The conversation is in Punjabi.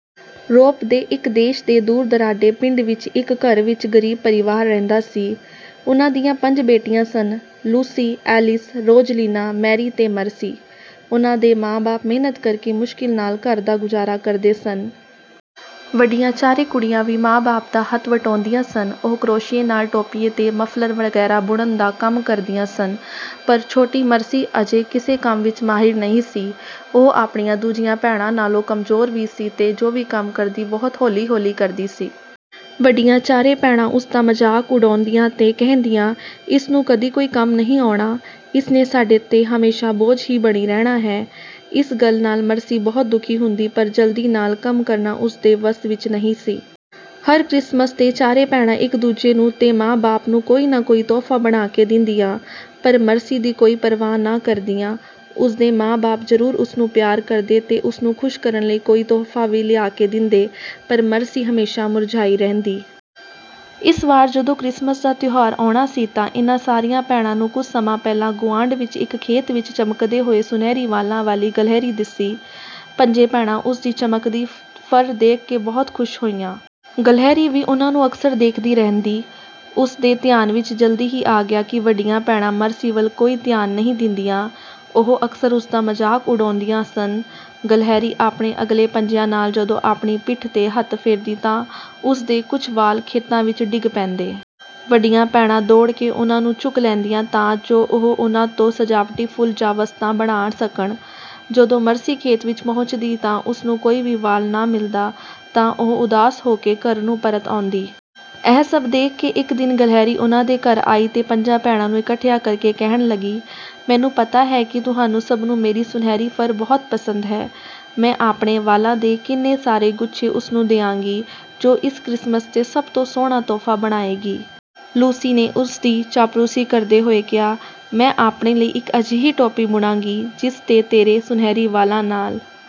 ਰੋਪ ਦੇ ਇੱਕ ਦੇਸ਼ ਦੇ ਦੂਰ-ਦੁਰਾਡੇ ਪਿੰਡ ਵਿੱਚ ਇੱਕ ਘਰ ਵਿੱਚ ਗ਼ਰੀਬ ਪਰਿਵਾਰ ਰਹਿੰਦਾ ਸੀ। ਉਨ੍ਹਾਂ ਦੀਆਂ ਪੰਜ ਬੇਟੀਆਂ ਸਨ—ਲੂਸੀ, ਐਲਿਸ, ਰੋਜ਼ਲੀਨਾ, ਮੈਰੀ ਤੇ ਮਰਸੀ। ਉਨ੍ਹਾਂ ਦੇ ਮਾਂ-ਬਾਪ ਮਿਹਨਤ ਕਰਕੇ ਮੁਸ਼ਕਿਲ ਨਾਲ ਘਰ ਦਾ ਗੁਜ਼ਾਰਾ ਕਰਦੇ ਸਨ। ਵੱਡੀਆਂ ਚਾਰੇ ਕੁੜੀਆਂ ਵੀ ਮਾਂ-ਬਾਪ ਦਾ ਹੱਥ ਵਟਾਉਂਦੀਆਂ ਸਨ। ਉਹ ਕਰੋਸ਼ੀਏ ਨਾਲ ਟੋਪੀਆਂ ਤੇ ਮਫ਼ਲਰ ਵਗੈਰਾ ਬੁਣਨ ਦਾ ਕੰਮ ਕਰਦੀਆਂ ਸਨ, ਪਰ ਛੋਟੀ ਮਰਸੀ ਅਜੇ ਕਿਸੇ ਕੰਮ ਵਿੱਚ ਮਾਹਿਰ ਨਹੀਂ ਸੀ। ਉਹ ਆਪਣੀਆਂ ਦੂਜੀਆਂ ਭੈਣਾਂ ਨਾਲੋਂ ਕਮਜ਼ੋਰ ਵੀ ਸੀ ਤੇ ਜੋ ਵੀ ਕੰਮ ਕਰਦੀ, ਬਹੁਤ ਹੌਲੀ-ਹੌਲੀ ਕਰਦੀ ਸੀ। ਵੱਡੀਆਂ ਚਾਰੇ ਭੈਣਾਂ ਉਸ ਦਾ ਮਜ਼ਾਕ ਉਡਾਉਂਦੀਆਂ ਤੇ ਕਹਿੰਦੀਆਂ, “ਇਸ ਨੂੰ ਕਦੀ ਕੋਈ ਕੰਮ ਨਹੀਂ ਆਉਣਾ। ਇਸ ਨੇ ਸਾਡੇ ’ਤੇ ਹਮੇਸ਼ਾਂ ਬੋਝ ਹੀ ਬਣੀ ਰਹਿਣਾ ਹੈ।”ਇਸ ਗੱਲ ਨਾਲ ਮਰਸੀ ਬਹੁਤ ਦੁਖੀ ਹੁੰਦੀ, ਪਰ ਜਲਦੀ ਨਾਲ ਕੰਮ ਕਰਨਾ ਉਸ ਦੇ ਵੱਸ ਵਿੱਚ ਨਹੀਂ ਸੀ। ਹਰ ਕ੍ਰਿਸਮਸ ’ਤੇ ਚਾਰੇ ਭੈਣਾਂ ਇੱਕ-ਦੂਜੇ ਨੂੰ ਤੇ ਮਾਂ-ਬਾਪ ਨੂੰ ਕੋਈ ਨਾ ਕੋਈ ਤੋਹਫ਼ਾ ਬਣਾ ਕੇ ਦਿੰਦੀਆਂ, ਪਰ ਮਰਸੀ ਦੀ ਕੋਈ ਪਰਵਾਹ ਨਾ ਕਰਦੀਆਂ। ਉਸ ਦੇ ਮਾਂ-ਬਾਪ ਜ਼ਰੂਰ ਉਸ ਨੂੰ ਪਿਆਰ ਕਰਦੇ ਤੇ ਉਸ ਨੂੰ ਖ਼ੁਸ਼ ਕਰਨ ਲਈ ਕੋਈ ਤੋਹਫ਼ਾ ਵੀ ਲਿਆ ਕੇ ਦਿੰਦੇ, ਪਰ ਮਰਸੀ ਹਮੇਸ਼ਾਂ ਮੁਰਝਾਈ ਰਹਿੰਦੀ। ਇਸ ਵਾਰ ਜਦੋਂ ਕ੍ਰਿਸਮਸ ਦਾ ਤਿਉਹਾਰ ਆਉਣਾ ਸੀ ਤਾਂ ਇਨ੍ਹਾਂ ਸਾਰੀਆਂ ਭੈਣਾਂ ਨੂੰ ਕੁਝ ਸਮਾਂ ਪਹਿਲਾਂ ਗੁਆਂਢ ਵਿੱਚ ਇੱਕ ਖੇਤ ਵਿੱਚ ਚਮਕਦੇ ਹੋਏ ਸੁਨਹਿਰੀ ਵਾਲਾਂ ਵਾਲੀ ਗਲਹਿਰੀ ਦਿਸੀ। ਪੰਜੇ ਭੈਣਾਂ ਉਸ ਦੀ ਚਮਕਦੀ ਫ਼ਰ ਦੇਖ ਕੇ ਬਹੁਤ ਖ਼ੁਸ਼ ਹੋਈਆਂ। ਗਲਹਿਰੀ ਵੀ ਉਨ੍ਹਾਂ ਨੂੰ ਅਕਸਰ ਦੇਖਦੀ ਰਹਿੰਦੀ। ਉਸ ਦੇ ਧਿਆਨ ਵਿੱਚ ਜਲਦੀ ਹੀ ਆ ਗਿਆ ਕਿ ਵੱਡੀਆਂ ਭੈਣਾਂ ਮਰਸੀ ਵੱਲ ਕੋਈ ਧਿਆਨ ਨਹੀਂ ਦਿੰਦੀਆਂ। ਉਹ ਅਕਸਰ ਉਸ ਦਾ ਮਜ਼ਾਕ ਉਡਾਉਂਦੀਆਂ ਸਨ। ਗਲਹਿਰੀ ਆਪਣੇ ਅਗਲੇ ਪੰਜਿਆਂ ਨਾਲ ਜਦੋਂ ਆਪਣੀ ਪਿੱਠ ’ਤੇ ਹੱਥ ਫੇਰਦੀ ਤਾਂ ਉਸ ਦੇ ਕੁਝ ਵਾਲ ਖੇਤਾਂ ਵਿੱਚ ਡਿੱਗ ਪੈਂਦੇ। ਵੱਡੀਆਂ ਭੈਣਾਂ ਦੌੜ ਕੇ ਉਨ੍ਹਾਂ ਨੂੰ ਚੁੱਕ ਲੈਂਦੀਆਂ ਤਾਂ ਜੋ ਉਹ ਉਨ੍ਹਾਂ ਤੋਂ ਸਜਾਵਟੀ ਫੁੱਲ ਜਾਂ ਵਸਤਾਂ ਬਣਾ ਸਕਣ। ਜਦੋਂ ਮਰਸੀ ਖੇਤ ਵਿੱਚ ਪਹੁੰਚਦੀ ਤਾਂ ਉਸ ਨੂੰ ਕੋਈ ਵੀ ਵਾਲ ਨਾ ਮਿਲਦਾ, ਤਾਂ ਉਹ ਉਦਾਸ ਹੋ ਕੇ ਘਰ ਨੂੰ ਪਰਤ ਆਉਂਦੀ। ਇਹ ਸਭ ਦੇਖ ਕੇ ਇੱਕ ਦਿਨ ਗਲਹਿਰੀ ਉਨ੍ਹਾਂ ਦੇ ਘਰ ਆਈ ਤੇ ਪੰਜਾਂ ਭੈਣਾਂ ਨੂੰ ਇਕੱਠਿਆਂ ਕਰਕੇ ਕਹਿਣ ਲੱਗੀ, “ਮੈਨੂੰ ਪਤਾ ਹੈ ਕਿ ਤੁਹਾਨੂੰ ਸਭ ਨੂੰ ਮੇਰੀ ਸੁਨਹਿਰੀ ਫ਼ਰ ਬਹੁਤ ਪਸੰਦ ਹੈ। ਮੈਂ ਆਪਣੇ ਵਾਲਾਂ ਦੇ ਕਿੰਨੇ ਸਾਰੇ ਗੁੱਛੇ ਉਸ ਨੂੰ ਦਿਆਂਗੀ, ਜੋ ਇਸ ਕ੍ਰਿਸਮਸ ’ਤੇ ਸਭ ਤੋਂ ਸੋਹਣਾ ਤੋਹਫ਼ਾ ਬਣਾਏਗੀ।” ਲੂਸੀ ਨੇ ਉਸ ਦੀ ਚਾਪਲੂਸੀ ਕਰਦੇ ਹੋਏ ਕਿਹਾ, “ਮੈਂ ਆਪਣੇ ਲਈ ਇੱਕ ਅਜਿਹੀ ਟੋਪੀ ਬੁਣਾਂਗੀ, ਜਿਸ ’ਤੇ ਤੇਰੇ ਸੁਨਹਿਰੀ ਵਾਲਾਂ ਨਾਲ